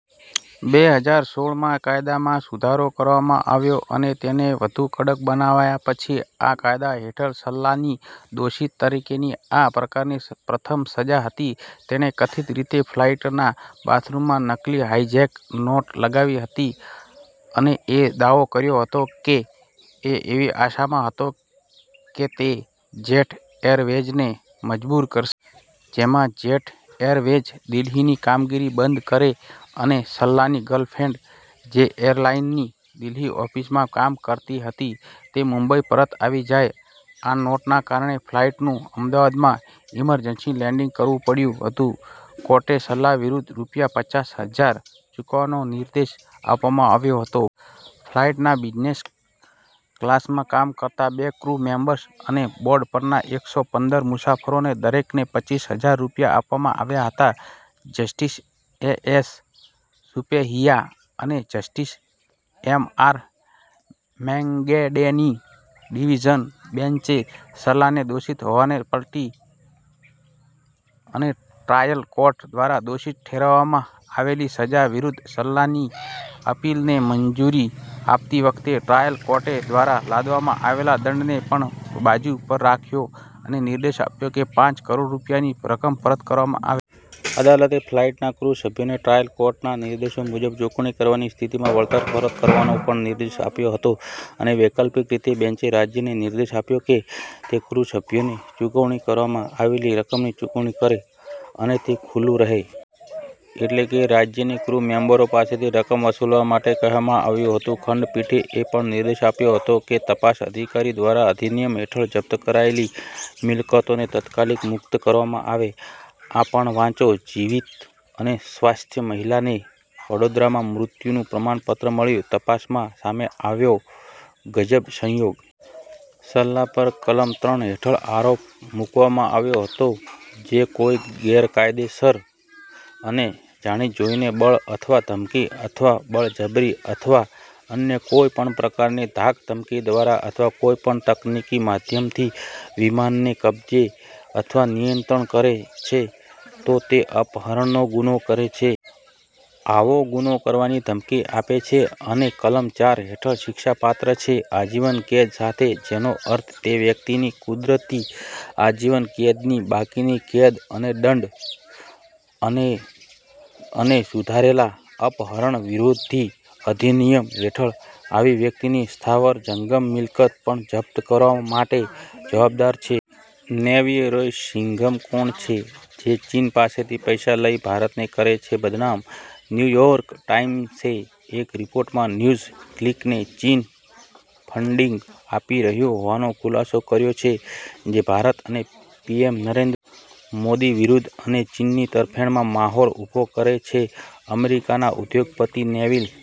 બેહજાર સોળ માં કાયદામાં સુધારો કરવામાં આવ્યો અને તેને વધુ કડક બનાવાયા પછી આ કાયદા હેઠળ સલ્લાની દોષિત તરીકેની આ પ્રકારની પ્રથમ સજા હતી. તેણે કથિત રીતે ફ્લાઇટના બાથરૂમમાં નકલી હાઇજેક નોટ લગાવી હતી અને એ દાવો કર્યો હતો કે, એ એવી આશામાં હતો કે તે જેટ એરવેઝને મજબૂર કરશે. જેમાં જેટ એરવેઝ દિલ્હીની કામગીરી બંધ કરે અને સલ્લાની ગર્લફ્રેન્ડ, જે એરલાઇનની દિલ્હી ઓફિસમાં કામ કરતી હતી, તે મુંબઈ પરત આવી જાય. આ નોટના કારણે ફ્લાઈટનું અમદાવાદમાં ઈમરજન્સી લેન્ડિંગ કરવું પડ્યું હતું. કોર્ટે સલ્લા વિરુદ્ધ રૂપિયા પચાસઃ હજાર ચૂકવવાનો નિર્દેશ આપવામાં આવ્યો હતો. ફ્લાઇટના બિઝનેસ ક્લાસમાં કામ કરતા બે ક્રૂ મેમ્બર્સ અને બોર્ડ પરના એકસો પંદર મુસાફરોને દરેકને પચીસ હજાર રૂપિયા આપવામાં આવ્યા હતા. જસ્ટિસ એએસ સુપેહિયા અને જસ્ટિસ એમઆર મેંગેડેની ડિવિઝન બેન્ચે સલ્લાને દોષિત હોવાને પલટી અને ટ્રાયલ કોર્ટ દ્વારા દોષિત ઠેરવવામાં આવેલી સજા વિરુદ્ધ સલ્લાની અપીલને મંજૂરી આપતી વખતે, ટ્રાયલ કોર્ટ દ્વારા લાદવામાં આવેલા દંડને પણ બાજુ પર રાખ્યો અને નિર્દેશ આપ્યો કે, પાંચ કરોડ રૂપિયાની રકમ પરત કરવામાં આવે. અદાલતે ફ્લાઇટના ક્રૂ સભ્યોને ટ્રાયલ કોર્ટના નિર્દેશો મુજબ ચૂકવણી કરવાની સ્થિતિમાં વળતર પરત કરવાનો પણ નિર્દેશ આપ્યો હતો અને વૈકલ્પિક રીતે, બેન્ચે રાજ્યને નિર્દેશ આપ્યો કે, તે ક્રુ સભ્યોને ચૂકવણી કરવામાં આવેલી રકમની ચૂકવણી કરે, અને તે ખુલ્લું રહે. એટલે કે, રાજ્યને ક્રૂ મેમ્બરો પાસેથી રકમ વસૂલવા માટે કહેવામાં આવ્યું હતું. ખંડપીઠે એ પણ નિર્દેશ આપ્યો હતો કે, તપાસ અધિકારી દ્વારા અધિનિયમ હેઠળ જપ્ત કરાયેલી મિલકતોને તાત્કાલિક મુક્ત કરવામાં આવે. આ પણ વાંચો, જીવિત અને સ્વસ્થ્ય મહિલાને વડોદરામાં મૃત્યુનું પ્રમાણપત્ર મળ્યું, તપાસમાં સામે આવ્યો ગજબ સંયોગ. સલ્લા પર કલમ ત્રણ હેઠળ આરોપ મૂકવામાં આવ્યો હતો, જે કોઈ ગેરકાયદેસર અને જાણીજોઈને બળ અથવા ધમકી, અથવા બળજબરી, અથવા અન્ય કોઈપણ પ્રકારની ધાકધમકી દ્વારા, અથવા કોઈપણ તકનીકી માધ્યમથી, વિમાનને કબજે અથવા નિયંત્રણ કરે છે, તો તે અપહરણનો ગુનો કરે છે. આવો ગુનો કરવાની ધમકી આપે છે, અને કલમ ચાર હેઠળ શિક્ષાપાત્ર છે આજીવન કેદ સાથે જેનો અર્થ તે વ્યક્તિની કુદરતી આજીવન કેદની બાકીની કેદ અને દંડ, અને અને સુધારેલા અપહરણ વિરોધી અધિનિયમ, હેઠળ આવી વ્યક્તિની સ્થાવર, જંગમ મિલકત પણ જપ્ત કરવા માટે જવાબદાર છે. નેવિલ રોય સિંઘમ કોણ છે, જે ચીન પાસેથી પૈસા લઇ ભારતને કરે છે બદનામ. ન્યૂયોર્ક ટાઈમ્સે એક રિપોર્ટમાં ન્યૂઝ ક્લિકને ચીન ફંડિંગ આપી રહ્યુ હોવાનો ખુલાસો કર્યો છે, જે ભારત અને પીએમ નરેન્દ્ર મોદી વિરુ્ધ અને ચીનની તરફેણમાં માહોલ ઉભો કરે છે અમેરિકાના ઉદ્યોગપતિ નેવિલ